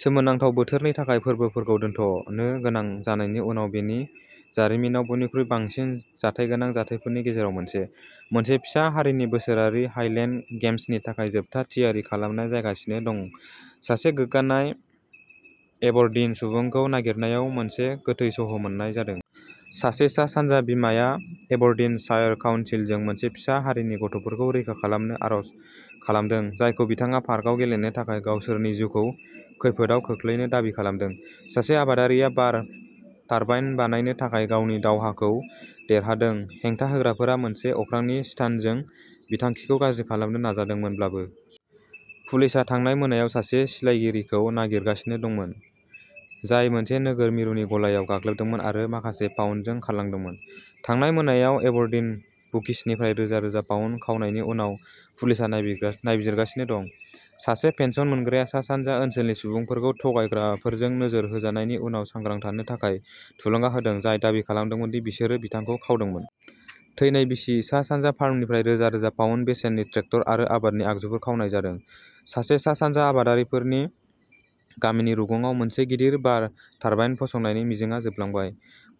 सोमोनांथाव बोथोरनि थाखाय फोरबोखौ दोनथ’नो गोनां जानायनि उनाव बेनि जारिमिनाव बयनिख्रुइ बांसिन जाथायगोनां जाथायफोरनि गेजेराव मोनसे। मोनसे फिसा हारिनि बोसोरारि हाइलेन्ड गेम्सनि थाखाय जोबथा थियारि खालामनाय जागासिनो दं। सासे गोमानाय एबरडीन सुबुंखौ नागिरनायाव मोनसे गोथै सह' मोननाय जादों। सासे सा-सानजा बिमाया एबरडीन शायर काउन्सिलजों मोनसे फिसा हारिनि गथ'फोरखौ रैखा खालामनो आर'ज खालामदों, जायखौ बिथाङा पार्कआव गेलेनो थाखाय गावसोरनि जिउखौ खैफोदआव खोख्लैनो दाबि खालामदों। सासे आबादारिया बार टारबाइन बानायनो थाखाय गावनि दावहाखौ देरहादों हेंथा होग्राफोरा मोनसे अख्रांनि स्टान्टजों बिथांखिखौ गाज्रि खालामनो नाजादोंमोनब्लाबो। पुलिसआ थांनाय मोनायाव सासे सिलायगिरिखौ नागिरगासिनो दंमोन, जाय मोनसे नोगोर मिरुनि गलायाव गाग्लोबदोंमोन आरो माखासे पाउन्दजों खारलांदोंमोन। थांनाय मोनायाव एबरडीन बुकिसनिफ्राय रोजा रोजा पाउन्द खावनायनि उनाव पुलिसआ नायबिजिरगासिनो दं। सासे पेन्सन मोनग्राया सा-सानजा ओनसोलनि सुबुंफोरखौ थगायग्राफोरजों नोजोर होजानायनि उनाव सांग्रां थानो थाखाय थुलुंगा होदों जाय दाबि खालामदोंमोन दि बिसोरो बिथांखौ खावदोंमोन। थैनाय बिसि। सा-सानजा फार्मनिफ्राय रोजा रोजा पाउन्द बेसेननि ट्रेक्टर आरो आबादनि आगजुफोर खावनाय जादों। सासे सा-सानजा आबादारिफोरनि गामिनि रुगुङाव मोनसे गिदिर बार टारबाइन फसंनायनि मिजिंआ जोबलांबाय।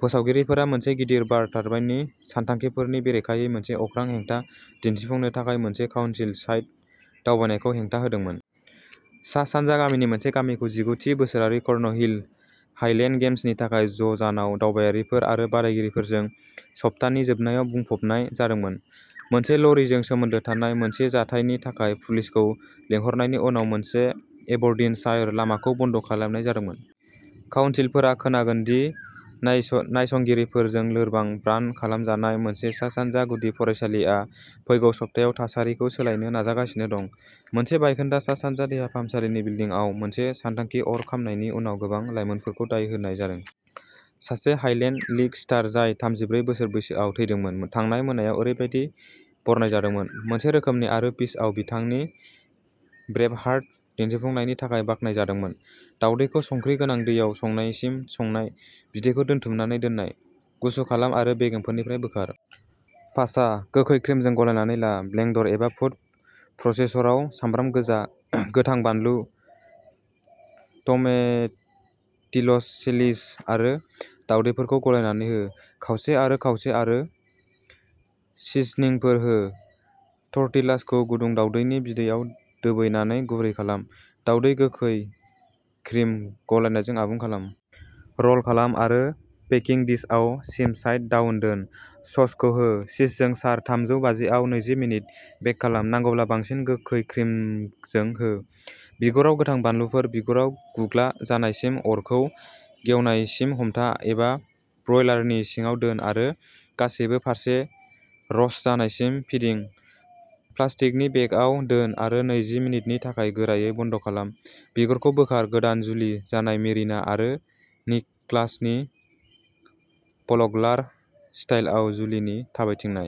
फोसावगिरिफोरा मोनसे गिदिर बार टारबाइननि सानथांखिफोरनि बेरेखायै मोनसे अख्रां हेंथा दिन्थिफुंनो थाखाय मोनसे काउनसिल साइट दावबायनायखौ हेंथा होदोंमोन। सा-सानजा गामिनि मोनसे गामिखौ जिगु थि बोसोरारि कर्नहिल हाइलेन्ड गेम्सनि थाखाय ज'जानाय दावबायारिफोर आरो बादायगिरिफोरजों सप्ताहनि जोबनायाव बुंफबनाय जादोंमोन। मोनसे ल'रिजों सोमोन्दो थानाय मोनसे जाथायनि थाखाय पुलिसखौ लिंहरनायनि उनाव मोनसे एबरडिन शायर लामाखौ बन्द खालामनाय जादोंमोन। काउनसिलरफोरा खोनांगोन दि नायसंगिरिफोरजों लोरबां ब्रान्द खालामजानाय मोनसे सा-सानजा गुदि फरायसालिआ फैगौ सप्तायाव थासारिखौ सोलायनो नाजागासिनो दं। मोनसे बायखोन्दा सा-सानजा देहा फाहामसालिनि बिल्दिंआव मोनसे सानथांखि अर खामनायनि उनाव गोबां लाइमोनफोरखौ दाय होनाय जादों। सासे हाइलेन्ड लिग स्टार, जाय थामजिब्रै बोसोर बैसोआव थैदोंमोन थांनाय मोनायाव ओरैबायदि बरनायजादोंमोन। मोनसे रोखोमनि आरो पिचआव बिथांनि ब्रेभहार्ट दिन्थिफुंनायनि थाखाय बाख्नायजादोंमोन। दावदैखौ संख्रि गोनां दैयाव संनायसिम संनाय, बिदैखौ दोन्थुमनानै दोननाय। गुसु खालाम आरो बेगेंफोरनिफ्राय बोखार। पासा। गोखै क्रिमजों गलायनानै ला ब्लेंडर एबा फुद प्रसेसराव सामब्राम गोजा, गोथां बानलु, टमेटिलस, चिलिज आरो दावदैफोरखौ गलायनानै हो। खावसे आरो खावसे आरो सिजनिंफोर हो। टर्टिलासखौ गुदुं दावदैनि बिदैआव दोबैनानै गुरै खालाम। दावदै गोखै क्रिम गलायनायजों आबुं खालाम। र'ल खालाम आरो बेकिंग डिशआव सिम साइड डाउन दोन। ससखौ हो। चीजजों सार थामजौ बाजि आव नैजि मिनिट बेक खालाम। नांगौब्ला बांसिन गोखै क्रिमजों हो। बिगुराव गोथां बानलुफोर बिगुराव गुग्ला जानायसिम अरखौ गेवनायसिम हमथा, एबा ब्रयलारनि सिङाव दोन आरो गासिबो फारसे र'स्ट जानायसिम फिदिं प्लास्टिकनि बेगआव दोन आरो नैजि मिनिटनि थाखाय गोरायै बन्द खालाम बिगुरखौ बोखार गोदान जुलि जानाय मेरिना आरो निकलासनि फल्क'लार स्टाइलआव जुलिनि थाबायथिंनाय।